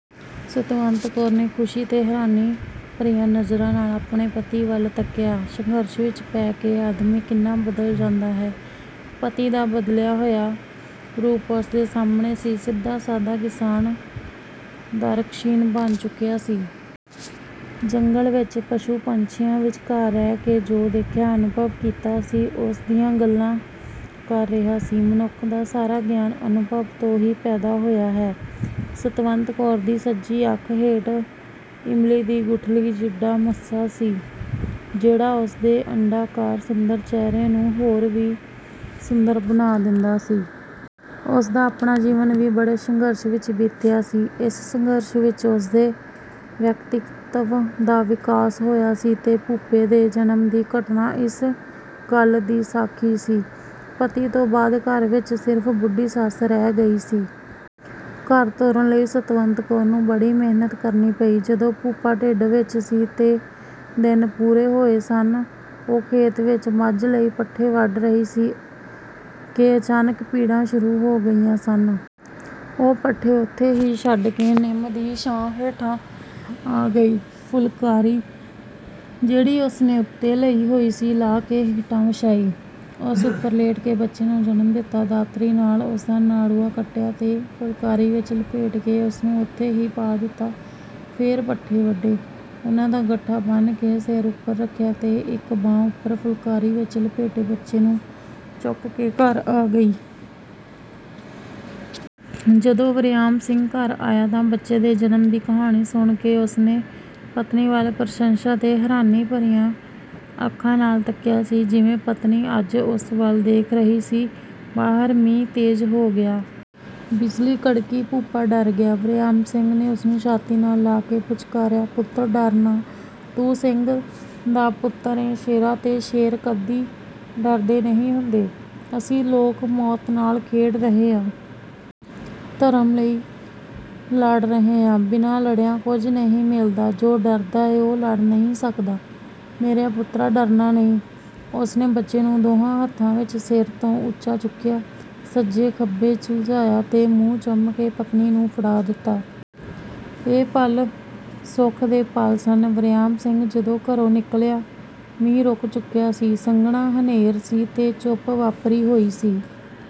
ਸਤਵੰਤ ਕੌਰ ਨੇ ਖੁਸ਼ੀ ਤੇ ਹੈਰਾਨੀ ਭਰੀਆਂ ਨਜ਼ਰਾਂ ਨਾਲ ਆਪਣੇ ਪਤੀ ਵੱਲ ਤੱਕਿਆ। ਸੰਘਰਸ਼ ਵਿੱਚ ਪੈ ਕੇ ਆਦਮੀ ਕਿੰਨਾ ਬਦਲ ਜਾਂਦਾ ਹੈ! ਪਤੀ ਦਾ ਬਦਲਿਆ ਹੋਇਆ ਰੂਪ ਉਸ ਦੇ ਸਾਹਮਣੇ ਸੀ। ਸਿੱਧਾ-ਸਾਦਾ ਕਿਸਾਨ ਦਾਰਸ਼ਨੀਕ ਬਣ ਚੁੱਕਿਆ ਸੀ। ਜੰਗਲ ਵਿੱਚ ਪਸ਼ੂ-ਪੰਛੀਆਂ ਵਿਚਕਾਰ ਰਹਿ ਕੇ ਜੋ ਦੇਖਿਆ, ਅਨੁਭਵ ਕੀਤਾ ਸੀ, ਉਸਦੀਆਂ ਗੱਲਾਂ ਕਰ ਰਿਹਾ ਸੀ। ਮਨੁੱਖ ਦਾ ਸਾਰਾ ਗਿਆਨ ਅਨੁਭਵ ਤੋਂ ਹੀ ਪੈਦਾ ਹੋਇਆ ਹੈ। ਸਤਵੰਤ ਕੌਰ ਦੀ ਸੱਜੀ ਅੱਖ ਹੇਠ ਇਮਲੀ ਦੀ ਗੁਠਲੀ ਜਿੱਡਾ ਮੱਸਾ ਸੀ, ਜਿਹੜਾ ਉਸਦੇ ਅੰਡਾ-ਕਾਰ ਸੁੰਦਰ ਚਿਹਰੇ ਨੂੰ ਹੋਰ ਵੀ ਸੁੰਦਰ ਬਣਾ ਦਿੰਦਾ ਸੀ। ਉਸਦਾ ਆਪਣਾ ਜੀਵਨ ਵੀ ਬੜੇ ਸੰਘਰਸ਼ ਵਿੱਚ ਬੀਤਿਆ ਸੀ। ਇਸ ਸੰਘਰਸ਼ ਵਿੱਚ ਹੀ ਉਸਦੇ ਵਿਅਕਤੀਤਵ ਦਾ ਵਿਕਾਸ ਹੋਇਆ ਸੀ ਤੇ ਭੂਪੇ ਦੇ ਜਨਮ ਦੀ ਘਟਨਾ ਇਸ ਗੱਲ ਦੀ ਸਾਖੀ ਸੀ। ਪਤੀ ਤੋਂ ਬਾਅਦ ਘਰ ਵਿੱਚ ਸਿਰਫ ਬੁੱਢੀ ਸੱਸ ਰਹਿ ਗਈ। ਘਰ ਤੋਰਨ ਲਈ ਸਤਵੰਤ ਕੌਰ ਨੂੰ ਬੜੀ ਮਿਹਨਤ ਕਰਨੀ ਪਈ ਸੀ। ਜਦੋਂ ਭੂਪਾ ਢਿੱਡ ਵਿੱਚ ਸੀ ਤੇ ਦਿਨ ਪੂਰੇ ਹੋਏ ਹੋਏ ਸਨ, ਉਹ ਖੇਤ ਵਿੱਚ ਮੱਝ ਲਈ ਪੱਠੇ ਵੱਢ ਰਹੀ ਸੀ ਕਿ ਅਚਾਨਕ ਪੀੜਾਂ ਸ਼ੁਰੂ ਹੋ ਗਈਆਂ ਸਨ। ਉਹ ਪੱਠੇ ਉੱਥੇ ਹੀ ਛੱਡ ਕੇ ਨਿੰਮ ਦੀ ਛਾਂ ਹੇਠ ਆ ਗਈ। ਫੁਲਕਾਰੀ, ਜਿਹੜੀ ਉਸਨੇ ਉੱਤੇ ਲਈ ਹੋਈ ਸੀ, ਲਾਹ ਕੇ ਹੇਠਾਂ ਵਿਛਾਈ। ਉਸ ਉੱਪਰ ਲੇਟ ਕੇ ਬੱਚੇ ਨੂੰ ਜਨਮ ਦਿੱਤਾ, ਦਾਤਰੀ ਨਾਲ ਉਸਦਾ ਨਾੜੂਆ ਕੱਟਿਆ ਤੇ ਫੁਲਕਾਰੀ ਵਿੱਚ ਲਪੇਟ ਕੇ ਉਸਨੂੰ ਉੱਥੇ ਹੀ ਪਾ ਦਿੱਤਾ, ਫੇਰ ਪੱਠੇ ਵੱਢੇ, ਉਹਨਾਂ ਦਾ ਗੱਠਾ ਬੰਨ੍ਹ ਕੇ ਸਿਰ ਉੱਪਰ ਰੱਖਿਆ ਤੇ ਇੱਕ ਬਾਂਹ ਉੱਪਰ ਫੁਲਕਾਰੀ ਵਿੱਚ ਲਪੇਟੇ ਬੱਚੇ ਨੂੰ ਚੁੱਕ ਕੇ ਘਰ ਆ ਗਈ। ਜਦੋਂ ਵਰਿਆਮ ਸਿੰਘ ਘਰ ਆਇਆ ਤਾਂ ਬੱਚੇ ਦੇ ਜਨਮ ਦੀ ਕਹਾਣੀ ਸੁਣ ਕੇ ਉਸਨੇ ਪਤਨੀ ਵੱਲ ਪ੍ਰਸ਼ੰਸਾ ਤੇ ਹੈਰਾਨੀ ਭਰੀਆਂ ਅੱਖਾਂ ਨਾਲ ਤੱਕਿਆ ਸੀ, ਜਿਵੇਂ ਪਤਨੀ ਅੱਜ ਉਸ ਵੱਲ ਦੇਖ ਰਹੀ ਸੀ। ਬਾਹਰ ਮੀਂਹ ਤੇਜ਼ ਹੋ ਗਿਆ। ਬਿਜਲੀ ਕੜਕੀ। ਭੂਪਾ ਡਰ ਗਿਆ। ਵਰਿਆਮ ਸਿੰਘ ਨੇ ਉਸਨੂੰ ਛਾਤੀ ਨਾਲ ਲਾ ਕੇ ਪੁਚਕਾਰਿਆ, "ਪੁੱਤਰ ਡਰ ਨਾ। ਤੂੰ ਸਿੰਘ ਦਾ ਪੁੱਤਰ ਏਂ ਸ਼ੇਰਾ, ਤੇ ਸ਼ੇਰ ਕਦੀ ਡਰਦੇ ਨਹੀਂ ਹੁੰਦੇ। ਅਸੀਂ ਲੋਕ ਮੌਤ ਨਾਲ ਖੇਡ ਰਹੇ ਆਂ। ਧਰਮ ਲਈ ਲੜ ਰਹੇ ਹਾਂ। ਬਿਨਾਂ ਲੜਿਆਂ ਕੁਝ ਨਹੀਂ ਮਿਲਦਾ। ਜੋ ਡਰਦਾ ਏ, ਉਹ ਲੜ ਨਹੀਂ ਸਕਦਾ। ਮੇਰਿਆ ਪੁੱਤਰਾ, ਡਰਨਾ ਨਹੀਂ।" ਉਸਨੇ ਬੱਚੇ ਨੂੰ ਦੋਹਾਂ ਹੱਥਾਂ ਵਿੱਚ ਸਿਰ ਤੋਂ ਉੱਚਾ ਚੁੱਕਿਆ, ਸੱਜੇ-ਖੱਬੇ ਝੁਲਾਇਆ ਤੇ ਮੂੰਹ ਚੁੰਮ ਕੇ ਪਤਨੀ ਨੂੰ ਫੜਾ ਦਿੱਤਾ। ਇਹ ਪਲ ਸੁਖ ਦੇ ਪਲ ਸਨ। ਵਰਿਆਮ ਸਿੰਘ ਜਦੋਂ ਘਰੋਂ ਨਿਕਲਿਆ, ਮੀਂਹ ਰੁਕ ਚੁੱਕਿਆ ਸੀ। ਸੰਘਣਾ ਹਨੇਰ ਸੀ ਤੇ ਚੁੱਪ ਵਾਪਰੀ ਹੋਈ ਸੀ।